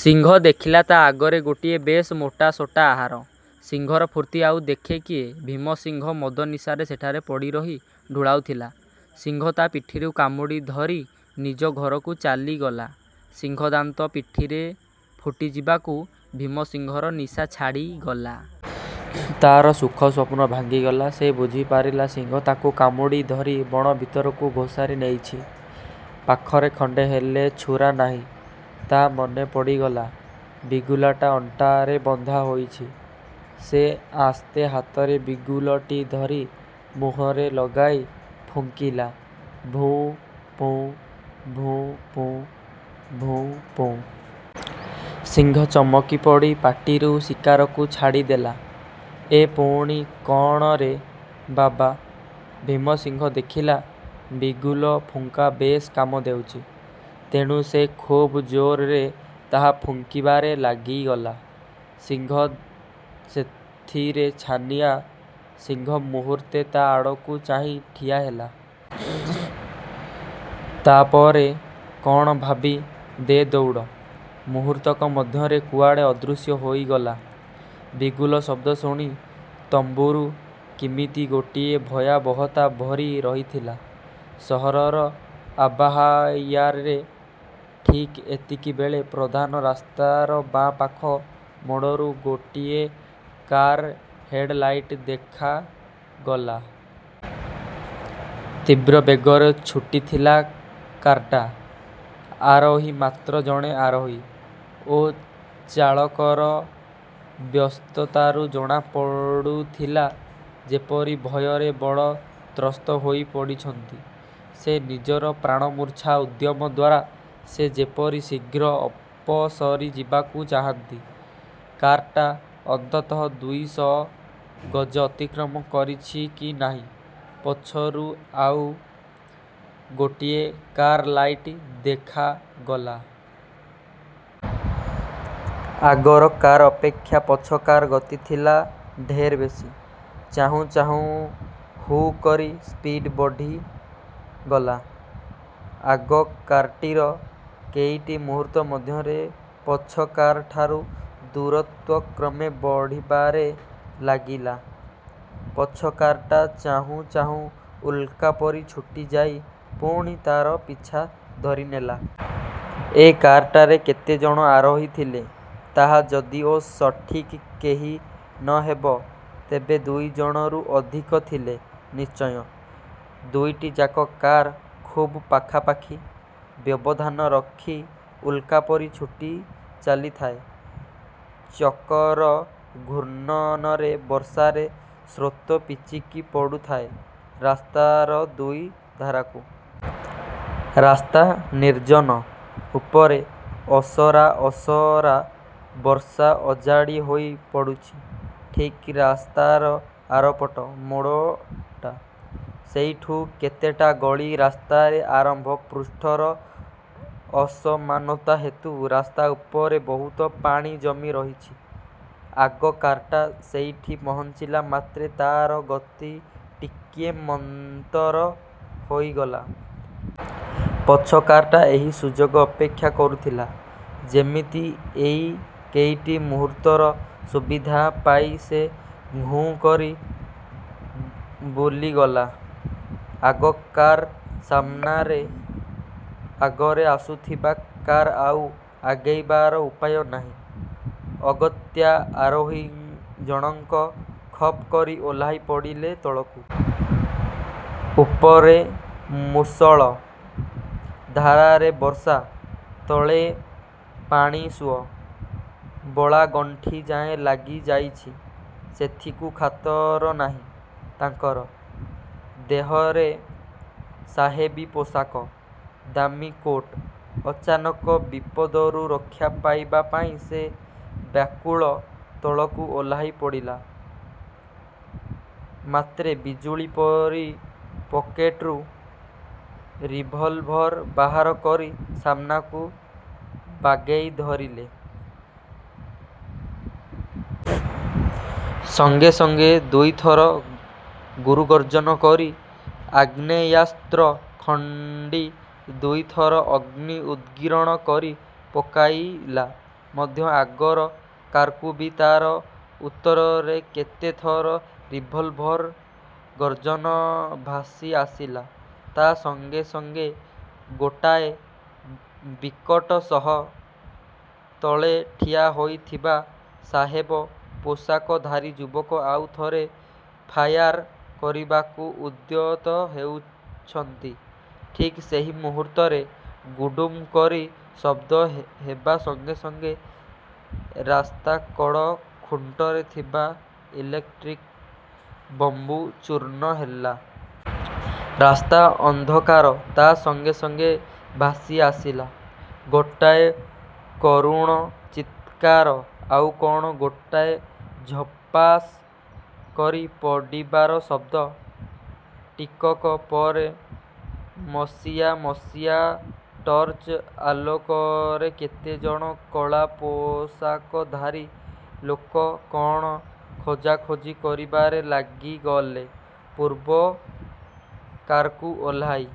ସିଂହ ଦେଖିଲା, ତା' ଆଗରେ ଗୋଟିଏ ବେଶ୍ ମୋଟାସୋଟା ଆହାର। ସିଂହର ଫୁର୍ତ୍ତି ଆଉ ଦେଖେ କିଏ? ଭୀମ ସିଂହ ମଦନିଶାରେ ସେଠାରେ ପଡ଼ି ରହି ଢୁଳାଉଥିଲା। ସିଂହ ତା' ପିଠିରୁ କାମୁଡ଼ି ଧରି ନିଜ ଘରକୁ ଚାଲିଗଲା। ସିଂହ ଦାନ୍ତ ପିଠିରେ ଫୁଟିଯିବାକୁ ଭୀମସିଂହର ନିଶା ଛାଡ଼ିଗଲା। ତା'ର ସୁଖ ସ୍ୱପ୍ନ ଭାଙ୍ଗିଗଲା। ସେ ବୁଝିପାରିଲା, ସିଂହ ତାକୁ କାମୁଡ଼ି ଧରି ବଣ ଭିତରକୁ ଘୋଷାରି ନେଉଛି। ପାଖରେ ଖଣ୍ଡେ ହେଲେ ଛୁରା ନାହିଁ। ତା' ମନେ ପଡ଼ିଗଲା, ବିଗୁଲାଟା ଅଣ୍ଟାରେ ବନ୍ଧା ହୋଇଛି। ସେ ଆସ୍ତେ ହାତରେ ବିଗୁଲଟି ଧରି ମୁହଁରେ ଲଗାଇ ଫୁଙ୍କିଲା-ଭୁଁ ପୁଁ, ଭୁଁ ପୁଁ, ଭୁଁ ପୁଁ। ସିଂହ ଚମକିପଡ଼ି ପାଟିରୁ ଶିକାରକୁ ଛାଡ଼ିଦେଲା। ଏ ପୁଣି କଅଣରେ ବାବା! ଭୀମସିଂହ ଦେଖିଲା, ବିଗୁଲ ଫୁଙ୍କା ବେଶ୍ କାମ ଦେଉଚି। ତେଣୁ ସେ ଖୁବ୍ ଜୋରରେ ତାହା ଫୁଙ୍କିବାରେ ଲାଗିଗଲା। ସିଂହ ସେଥିରେ ଛାନିଆ। ସିଂହ ମୁହୂର୍ତ୍ତେ ତା' ଆଡ଼କୁ ଚାହିଁ ଠିଆ ହେଲା। ତା'ପରେ କଅଣ ଭାବି-ଦେ ଦଉଡ଼। ମୁହୂର୍ତ୍ତକ ମଧ୍ୟରେ କୁଆଡ଼େ ଅଦୃଶ୍ୟ ହୋଇଗଲା। ବିଗୁଲ ଶବ୍ଦ ଶୁଣି ତମ୍ବୁରୁ। କିମିତି ଗୋଟିଏ ଭୟାବହତା ଭରି ରହିଥିଲା ସହରର ଆବାହାଓ୍ୟାରେ। ଠିକ୍ ଏତିକି ବେଳେ ପ୍ରଧାନ ରାସ୍ତାର ବାଁ ପାଖ ମୋଡ଼ରୁ ଗୋଟିଏ କାର୍ର ହେଡ଼୍ ଲାଇଟ୍ ଦେଖାଗଲା। ତୀବ୍ର ବେଗରେ ଛୁଟିଥିଲା କାର୍ଟା। ଆରୋହୀ ମାତ୍ର ଜଣେ। ଆରୋହୀ ଓ ଚାଳକର ବ୍ୟସ୍ତତାରୁ ଜଣା ପଡ଼ୁଥିଲା, ଯେପରି ଭୟରେ ବଡ଼ ତ୍ରସ୍ତ ହୋଇ ପଡ଼ିଛନ୍ତି ସେ। ନିଜର ପ୍ରାଣ ମୂର୍ଚ୍ଛା ଉଦ୍ୟମ ଦ୍ୱାରା ସେ ଯେପରି ଶୀଘ୍ର ଅପସରି ଯିବାକୁ ଚାହାନ୍ତି। କାର୍ଟା ଅନ୍ତତଃ ଦୁଇଶହ ଗଜ ଅତିକ୍ରମ କରିଛି କି ନାହିଁ, ପଛରୁ ଆଉ ଗୋଟିଏ କାର୍ର ଲାଇଟ୍ ଦେଖାଗଲା। ଆଗର କାର୍ ଅପେକ୍ଷା ପଛ କାର୍ର ଗତି ଥିଲା ଢେର ବେଶୀ। ଚାହୁଁ ଚାହୁଁ ହୁ'କରି ସ୍ପିଡ଼୍ ବଢ଼ିଗଲା ଆଗ କାର୍ଟିର। କେଇଟି ମୁହୂର୍ତ୍ତ ମଧ୍ୟରେ ପଛ କାର୍ ଠାରୁ ଦୂରତ୍ୱ କ୍ରମେ ବଢ଼ିବାରେ ଲାଗିଲା। ପଛ କାର୍ଟା ଚାହୁଁ ଚାହୁଁ ଉଲ୍କା ପରି ଛୁଟି ଯାଇ ପୁଣି ତା'ର ପିଛା ଧରିନେଲା। ଏ କାର୍ଟାରେ କେତେ ଜଣ ଆରୋହୀ ଥିଲେ ତାହା ଯଦିଓ ସଠିକ୍ କହି ନହେବ, ତେବେ ଦୁଇଜଣରୁ ଅଧିକ ଥିଲେ ନିଶ୍ଚୟ। ଦୁଇଟି ଯାକ କାର୍ ଖୁବ୍ ପାଖାପାଖି ବ୍ୟବଧାନ ରଖି ଉଲ୍କା ପରି ଛୁଟି ଚାଲିଥାଏ। ଚକର ଘୂର୍ଣ୍ଣନରେ ବର୍ଷାର ସ୍ରୋତ ପିଚିକି ପଡ଼ୁଥାଏ ରାସ୍ତାର ଦୁଇ ଧାରକୁ। ରାସ୍ତା ନିର୍ଜନ; ଉପରେ ଅସରା ଅସରା ବର୍ଷା ଅଜାଡ଼ି ହୋଇ ପଡ଼ୁଛି। ଠିକ୍ ରାସ୍ତାର ଆରପଟ ମୋଡ଼ଟା। ସେଇଠୁ କେତେଟା ଗଳି ରାସ୍ତାର ଆରମ୍ଭ। ପୃଷ୍ଠର ଅସମାନତା ହେତୁ ରାସ୍ତା ଉପରେ ବହୁତ ପାଣି ଜମି ରହିଛି। ଆଗ କାର୍ଟା ସେଇଠି ପହଞ୍ଚିଲା ମାତ୍ରେ ତା'ର ଗତି ଟିକିଏ ମନ୍ଥର ହୋଇଗଲା। ପଛ କାର୍ଟା ଏହି ସୁଯୋଗ ଅପେକ୍ଷା କରୁଥିଲା ଯେମିତି। ଏଇ କେଇଟି ମୁହୂର୍ତ୍ତର ସୁବିଧା ପାଇ ସେ ଘୁଁ କରି ବୁଲିଗଲା ଆଗ କାର୍ର ସାମ୍ନାରେ। ଆଗରେ ଆସୁଥିବା କାର୍ର ଆଉ ଆଗେଇବାର ଉପାୟ ନାହିଁ। ଅଗତ୍ୟା ଆରୋହୀ ଜଣଙ୍କ ଖପ୍ କରି ଓହ୍ଲାଇ ପଡ଼ିଲେ ତଳକୁ। ଉପରେ ମୂଷଳ ଧାରାରେ ବର୍ଷା, ତଳେ ପାଣିସୁଅ ବଳାଗଣ୍ଠି ଯାଏ ଲାଗି ଯାଉଛି, ସେଥିକୁ ଖାତର ନାହିଁ ତାଙ୍କର। ଦେହରେ ସାହେବୀ ପୋଷାକ, ଦାମୀକୋଟ୍। ଅଚାନକ ବିପଦରୁ ରକ୍ଷା ପାଇବା ପାଇଁ ସେ ବ୍ୟାକୁଳ। ତଳକୁ ଓହ୍ଳାଇ ପଡ଼ିଲା ମାତ୍ରେ ବିଜୁଳି ପରି ପକେଟରୁ ରିଭଲଭର୍ ବାହାର କରି ସାମ୍ନାକୁ ବାଗେଇ ଧରିଲେ। ସଙ୍ଗେ ସଙ୍ଗେ ଦୁଇଥର ଗୁରୁଗର୍ଜନ କରି ଆଗ୍ନେୟାସ୍ତ୍ର ଖଣ୍ଡି ଦୁଇଥର ଅଗ୍ନି ଉଦ୍ଗିରଣ କରି ପକାଇଲା ମଧ୍ୟ। ଆଗର କାର୍ରୁ ବି ତା'ର ଉତ୍ତରରେ କେତେଥର ରିଭଲଭର୍ର ଗର୍ଜନ ଭାସି ଆସିଲା। ତା' ସଙ୍ଗେ ସଙ୍ଗେ ଗୋଟାଏ ବିକଟ ହସ। ତଳେ ଠିଆ ହୋଇଥିବା ସାହେବ ପୋଷାକଧାରୀ ଯୁବକ ଆଉ ଥରେ ଫାୟାର କରିବାକୁ ଉଦ୍ୟତ ହେଉଛନ୍ତି-ଠିକ୍ ସେଇ ମୁହୂର୍ତ୍ତରେ 'ଗୁଡ଼ୁମ୍' କରି ଶବ୍ଦ ହେବା ସଙ୍ଗେ ସଙ୍ଗେ ରାସ୍ତାକଡ଼ ଖୁଣ୍ଟରେ ଥିବା ଇଲେକ୍ଟ୍ରିକ୍ ବଲ୍ବ ଚୂର୍ଣ୍ଣ ହେଲା। ରାସ୍ତା ଅନ୍ଧକାର। ତା' ସଙ୍ଗେ ସଙ୍ଗେ ଭାସି ଆସିଲା ଗୋଟାଏ କରୁଣ ଚିତ୍କାର, ଆଉ କ'ଣ ଗୋଟାଏ ଝପାସ୍ କରି ପଡ଼ିବାର ଶବ୍ଦ। ଟିକକ ପରେ ମସିଆ ମସିଆ ଟର୍ଚ୍ଚ ଆଲୋକରେ କେତେଜଣ କଳା ପୋଷାକଧାରୀ ଲୋକ କ'ଣ ଖୋଜାଖୋଜି କରିବାରେ ଲାଗିଗଲେ ପୂର୍ବ କାର୍ରୁ ଓହ୍ଲାଇ।